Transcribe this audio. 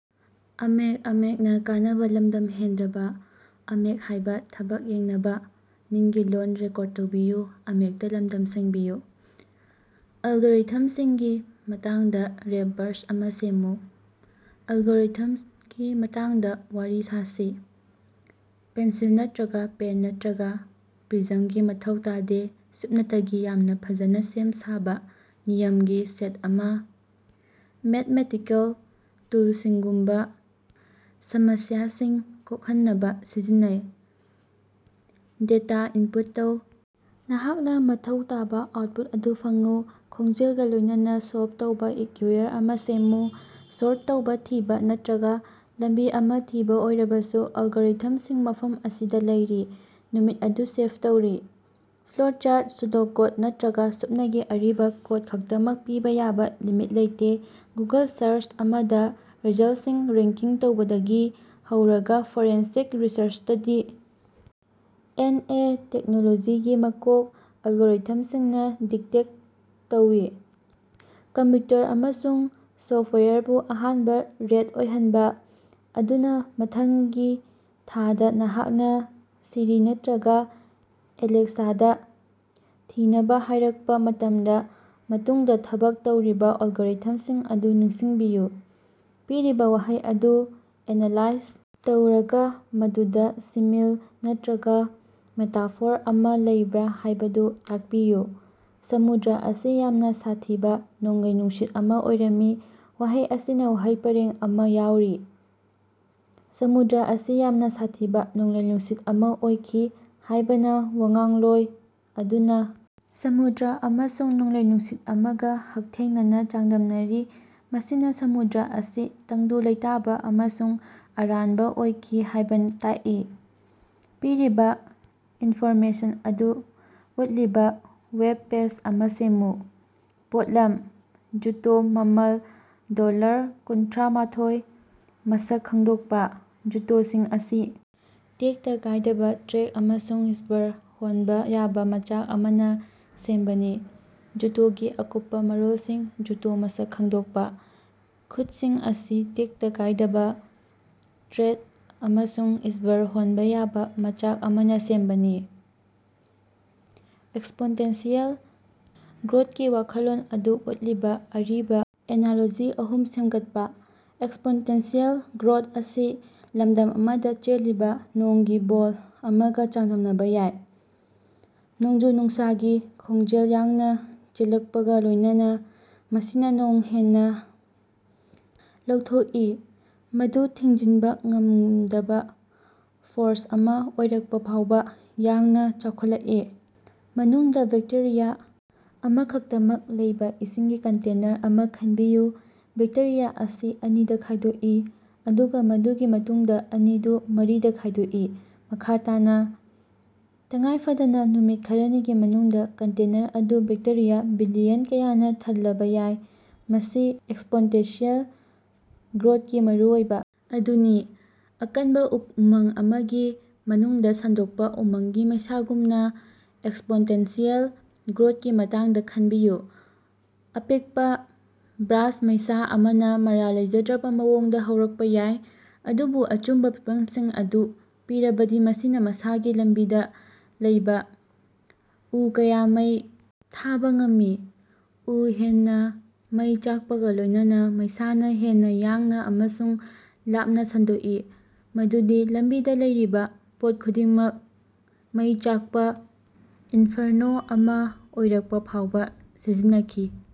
ꯑꯜꯒꯣꯔꯤꯊꯝꯁꯤꯡꯒꯤ ꯃꯇꯥꯡꯗꯥ ꯔꯦꯞ ꯕꯔꯁ ꯑꯃꯥ ꯁꯦꯝꯃꯨ꯫ ꯑꯜꯒꯣꯔꯤꯊꯝꯒꯤ ꯃꯇꯥꯡꯗꯥ ꯋꯥꯔꯤ ꯁꯥꯁꯤ, ꯄꯦꯟꯁꯤꯜ ꯅꯇ꯭ꯔꯒꯥ ꯄꯦꯟ ꯅꯠꯇ꯭ꯔꯒꯥ ꯄ꯭ꯔꯤꯖꯝꯒꯤ ꯃꯊꯧ ꯇꯥꯗꯦ ꯁꯨꯞꯅꯇꯒꯤ ꯌꯥꯝꯅꯥ ꯐꯖꯅꯥ ꯁꯦꯝ ꯁꯥꯕꯥ ꯅꯤꯌꯝꯒꯤ ꯁꯦꯠ ꯑꯃꯥ, ꯃꯦꯊꯃꯦꯊꯤꯀꯦꯜ ꯇꯨꯜꯁꯤꯡꯒꯨꯝꯕꯥ ꯁꯃꯁ꯭ꯌꯥꯁꯤꯡ ꯀꯣꯛꯍꯟꯅꯕꯥ ꯁꯤꯖꯤꯟꯅꯩ꯫ ꯗꯦꯇꯥ ꯏꯟꯄꯨꯠ ꯇꯧ, ꯅꯍꯥꯛꯅꯥ ꯃꯊꯧ ꯇꯥꯕꯥ ꯑꯥꯎꯠꯄꯨꯠ ꯑꯗꯨ ꯐꯪꯎ, ꯈꯣꯡꯖꯦꯜꯒꯥ ꯂꯣꯢꯅꯅꯥ ꯁꯣꯜꯕ ꯇꯧꯕꯥ ꯏꯛꯌꯨꯏꯌꯔ ꯑꯃꯥ ꯁꯦꯝꯃꯨ, ꯁꯣꯔꯠ ꯇꯧꯕꯥ ꯊꯤꯕꯥ ꯅꯠꯇ꯭ꯔꯒꯥ ꯂꯝꯕꯤ ꯑꯃꯥ ꯊꯤꯕꯥ ꯑꯣꯏꯔꯕꯁꯨ, ꯑꯜꯒꯣꯔꯤꯊꯝꯁꯤꯡ ꯃꯐꯝ ꯑꯁꯤꯗꯥ ꯂꯩꯔꯤ ꯅꯨꯃꯤꯠ ꯑꯗꯨ ꯁꯦꯚ ꯇꯧꯔꯤ꯫ ꯐ꯭ꯂꯣꯆꯥꯔꯠ, ꯄ꯭ꯁꯨꯗꯣꯀꯣꯗ ꯅꯠꯇ꯭ꯔꯒꯥ ꯁꯨꯞꯅꯒꯤ ꯑꯔꯤꯕꯥ ꯀꯣꯗ ꯈꯛꯇꯃꯛ ꯄꯤꯕꯥ ꯌꯥꯕꯥ ꯂꯤꯃꯤꯠ ꯂꯩꯇꯦ ꯒꯨꯒꯜ ꯁꯥꯔꯆ ꯑꯃꯗꯥ ꯔꯤꯖꯜꯇꯁꯤꯡ ꯔꯦꯡꯀꯤꯡ ꯇꯧꯕꯗꯒꯤ ꯍꯧꯔꯒꯥ ꯐꯣꯔꯦꯟꯁꯤꯛ ꯔꯤꯁꯔꯆꯇꯥ ꯗꯤ. ꯑꯦꯟ. ꯑꯦ. ꯇꯦꯛꯅꯣꯂꯣꯖꯤꯒꯤ ꯃꯀꯣꯛ ꯑꯜꯒꯣꯔꯤꯊꯝꯁꯤꯡꯅꯥ ꯗꯤꯛꯇꯦꯠ ꯇꯧꯏ, ꯀꯝꯄ꯭ꯌꯨꯇꯔ ꯑꯃꯁꯨꯡ ꯁꯣꯐꯋꯦꯌꯔꯕꯨ ꯑꯍꯥꯟꯕꯥ ꯔꯦꯠ ꯑꯣꯏꯍꯟꯕꯥ꯫ ꯑꯗꯨꯅꯥ ꯃꯊꯪꯒꯤ ꯊꯥꯗꯥ ꯅꯍꯥꯛꯅꯥ ꯁꯤꯔꯤ ꯅꯠꯇ꯭ꯔꯒꯥ ꯑꯦꯂꯦꯛꯁꯥꯗꯥ ꯊꯤꯅꯕꯥ ꯍꯥꯢꯔꯀꯄꯥ ꯃꯇꯝꯗꯥ ꯃꯇꯨꯡꯗꯥ ꯊꯕꯛ ꯇꯧꯔꯤꯕꯥ ꯑꯜꯒꯣꯔꯤꯊꯝꯁꯤꯡ ꯑꯗꯨ ꯅꯤꯡꯁꯤꯡꯕꯤꯌꯨ꯫ ꯄꯤꯔꯤꯕꯥ ꯋꯥꯍꯩ ꯑꯗꯨ ꯑꯦꯅꯥꯂꯥꯏꯖ ꯇꯧꯔꯒꯥ ꯃꯗꯨꯗꯥ ꯁꯤꯃꯤꯜ ꯅꯠꯇ꯭ꯔꯒꯥ ꯃꯦꯇꯥꯐꯣꯔ ꯑꯃꯥ ꯂꯩꯕ꯭ꯔꯥ ꯍꯥꯢꯕꯗꯨ ꯇꯥꯛꯄꯤꯌꯨ꯫ ꯁꯃꯨꯗ꯭ꯔ ꯑꯁꯤ ꯌꯥꯝꯅꯥ ꯁꯥꯊꯤꯕꯥ ꯅꯣꯡꯂꯩ ꯅꯨꯡꯁꯤꯠ ꯑꯃꯥ ꯑꯣꯏꯔꯝꯃꯤ꯫ ꯋꯥꯍꯩ ꯑꯁꯤꯅꯥ ꯋꯥꯍꯩ ꯄꯔꯦꯡ ꯑꯃꯥ ꯌꯥꯎꯔꯤ꯫ ꯁꯃꯨꯗ꯭ꯔ ꯑꯁꯤ ꯌꯥꯝꯅꯥ ꯁꯥꯊꯤꯕꯥ ꯅꯣꯡꯂꯩ-ꯅꯨꯡꯁꯤꯠ ꯑꯃꯥ ꯑꯣꯏꯈꯤ ꯍꯥꯢꯕꯅꯥ ꯋꯥꯉꯥꯡꯂꯣꯏ ꯑꯗꯨꯅꯥ ꯁꯃꯨꯗ꯭ꯔ ꯑꯃꯁꯨꯡ ꯅꯣꯡꯂꯩ-ꯅꯨꯡꯁꯤꯠ ꯑꯃꯒꯥ ꯍꯛꯊꯦꯡꯅꯅꯥ ꯆꯥꯡꯗꯝꯅꯔꯤ ꯃꯁꯤꯅꯥ ꯁꯃꯨꯗ꯭ꯔ ꯑꯁꯤ ꯇꯪꯗꯨ ꯂꯩꯇꯥꯕꯥ ꯑꯃꯁꯨꯡ ꯑꯔꯥꯟꯕꯥ ꯑꯣꯏꯈꯤ ꯍꯥꯢꯕꯥ ꯇꯥꯛꯏ꯫ ꯄꯤꯔꯤꯕꯥ ꯏꯅꯐꯣꯔꯃꯦꯁꯟ ꯑꯗꯨ ꯎꯠꯂꯤꯕꯥ ꯋꯦꯕ ꯄꯦꯖ ꯑꯃꯥ ꯁꯦꯃꯃꯨ꯫ ꯄꯣꯠꯂꯝ: ꯖꯨꯇꯣ ꯃꯃꯜ ꯗꯣꯂꯔ ꯀꯨꯟꯊꯔ꯭ꯃꯊꯣꯢ ꯃꯁꯛ ꯈꯪꯗꯣꯛꯄꯥ: ꯖꯨꯇꯣꯁꯤꯡ ꯑꯁꯤ ꯇꯦꯛꯇ ꯀꯥꯌꯗꯕꯥ ꯇ꯭ꯔꯦꯛ ꯑꯃꯁꯨꯡ ꯁ꯭ꯕꯔ ꯍꯣꯟꯕꯥ ꯌꯥꯕꯥ ꯃꯆꯥꯛ ꯑꯃꯅꯥ ꯁꯦꯃꯕꯅꯤ꯫ꯖꯨꯇꯣꯒꯤ ꯑꯀꯨꯞꯄꯥ ꯃꯔꯣꯜꯁꯤꯡ ꯖꯨꯇꯣ ꯃꯁꯛ ꯈꯪꯗꯣꯛꯄꯥ: ꯈꯨꯠꯁꯤꯡ ꯑꯁꯤ ꯇꯦꯛꯇ ꯀꯥꯌꯗꯕꯥ ꯇ꯭ꯔꯦꯗ ꯑꯃꯁꯨꯡ ꯁ꯭ꯕꯔ ꯍꯣꯟꯕꯥ ꯌꯥꯕꯥ ꯃꯆꯥꯛ ꯑꯃꯅꯥ ꯁꯦꯝꯕꯅꯤ꯫ ꯑꯦꯛꯁꯄꯣꯟꯇꯦꯟꯁꯤꯑꯦꯜ ꯒ꯭ꯔꯣꯊꯀꯤ ꯋꯥꯈꯜꯂꯣꯟ ꯑꯗꯨ ꯎꯠꯂꯤꯕꯥ ꯑꯔꯤꯕꯥ ꯑꯦꯅꯥꯂꯣꯖꯤ ꯑꯍꯨꯝ ꯁꯦꯃꯒꯠꯄꯥ꯫ ꯑꯦꯛꯁꯄꯣꯟꯇꯦꯟꯁꯤꯑꯦꯜ ꯒ꯭ꯔꯣꯊ ꯑꯁꯤ ꯂꯃꯗꯝ ꯑꯃꯗꯥ ꯆꯦꯜꯂꯤꯕꯥ ꯅꯣꯡꯒꯤ ꯕꯣꯜ ꯑꯃꯒꯥ ꯆꯥꯡꯗꯝꯅꯕꯥ ꯌꯥꯏ꯫ ꯅꯣꯡꯖꯨ-ꯅꯨꯡꯁꯥꯒꯤ ꯈꯣꯡꯖꯦꯜ ꯌꯥꯡꯅꯥ ꯆꯦꯜꯂꯀꯄꯒꯥ ꯂꯣꯌꯅꯅꯥ ꯃꯁꯤꯅꯥ ꯅꯣꯡ ꯍꯦꯟꯅꯥ ꯂꯧꯊꯣꯀꯏ, ꯃꯗꯨ ꯊꯤꯡꯖꯤꯅꯕꯥ ꯉꯃꯗꯕꯥ ꯐꯣꯔꯁ ꯑꯃꯥ ꯑꯣꯏꯔꯀꯄꯐꯥꯎꯕꯥ ꯌꯥꯡꯅꯥ ꯆꯥꯎꯈꯠꯂꯀꯏ꯫ ꯃꯅꯨꯡꯗꯥ ꯕꯦꯛꯇꯦꯔꯤꯌꯥ ꯑꯃꯈꯛꯇꯃꯛ ꯂꯩꯕꯥ ꯏꯁꯤꯡꯒꯤ ꯀꯟꯇꯦꯅꯔ ꯑꯃꯥ ꯈꯟꯕꯤꯌꯨ꯫ ꯕꯦꯛꯇꯦꯔꯤꯌꯥ ꯑꯁꯤ ꯑꯅꯤꯗꯥ ꯈꯥꯢꯗꯣꯀꯏ, ꯑꯗꯨꯒꯥ ꯃꯗꯨꯒꯤ ꯃꯇꯨꯡꯗꯥ ꯑꯅꯤꯗꯨ ꯃꯔꯤꯗꯥ ꯈꯥꯢꯗꯣꯛꯏ, ꯃꯈꯥ ꯇꯥꯅꯥ꯫ ꯇꯉꯥꯏꯐꯗꯅꯥ ꯅꯨꯃꯤꯠ ꯈꯔꯅꯤꯒꯤ ꯃꯅꯨꯡꯗꯥ ꯀꯟꯇꯦꯅꯔ ꯑꯗꯨ ꯕꯦꯛꯇꯦꯔꯤꯌꯥ ꯕꯤꯂꯤꯌꯟ ꯀꯌꯥꯅꯥ ꯊꯜꯂꯕꯥ ꯌꯥꯏ꯫ ꯃꯁꯤ ꯑꯦꯛꯁꯄꯣꯟꯇꯦꯟꯁꯤꯑꯦꯜ ꯒ꯭ꯔꯣꯊꯀꯤ ꯃꯔꯨꯑꯣꯏꯕꯥ ꯑꯗꯨꯅꯤ꯫ ꯑꯀꯟꯕꯥ ꯎꯃꯪ ꯑꯃꯒꯤ ꯃꯅꯨꯡꯗꯥ ꯁꯟꯗꯣꯛꯄꯥ ꯎꯃꯪꯒꯤ ꯃꯩꯁꯥꯒꯨꯝꯅꯥ ꯑꯦꯛꯁꯄꯣꯟꯇꯦꯟꯁꯤꯑꯦꯜ ꯒ꯭ꯔꯣꯊꯀꯤ ꯃꯇꯥꯡꯗꯥ ꯈꯟꯕꯤꯌꯨ꯫ ꯑꯄꯤꯛꯄꯥ ꯕ꯭ꯔꯥꯁ ꯃꯩꯁꯥ ꯑꯃꯅꯥ ꯃꯔꯥꯜ ꯂꯩꯖꯗ꯭ꯔꯕꯥ ꯃꯑꯣꯡꯗꯥ ꯍꯧꯔꯛꯄꯥ ꯌꯥꯏ, ꯑꯗꯨꯕꯨ ꯑꯆꯨꯝꯕꯥ ꯐꯤꯚꯝꯁꯤꯡ ꯑꯗꯨ ꯄꯤꯔꯕꯗꯤ ꯃꯁꯤꯅꯥ ꯃꯁꯥꯒꯤ ꯂꯝꯕꯤꯗꯥ ꯂꯩꯕꯥ ꯎ ꯀꯌꯥ ꯃꯩ ꯊꯥꯕꯥ ꯉꯝꯃꯤ꯫ ꯎ ꯍꯦꯟꯅꯥ ꯃꯩ ꯆꯥꯛꯄꯒꯥ ꯂꯣꯢꯅꯅꯥ ꯃꯩꯁꯥꯅꯥ ꯍꯦꯟꯅꯥ ꯌꯥꯡꯅꯥ ꯑꯃꯁꯨꯡ ꯂꯥꯞꯅꯥ ꯁꯟꯗꯣꯛꯏ ꯃꯗꯨꯒꯤ ꯂꯝꯕꯤꯗꯥ ꯂꯩꯔꯤꯕꯥ ꯄꯣꯠ ꯈꯨꯗꯤꯡꯃꯛ ꯃꯩ ꯆꯥꯀꯄꯥ ꯏꯅꯐꯔꯅꯣ ꯑꯃꯥ ꯑꯣꯏꯔꯀꯄꯥ ꯐꯥꯎꯕꯥ ꯁꯤꯖꯤꯟꯅꯈꯤ꯫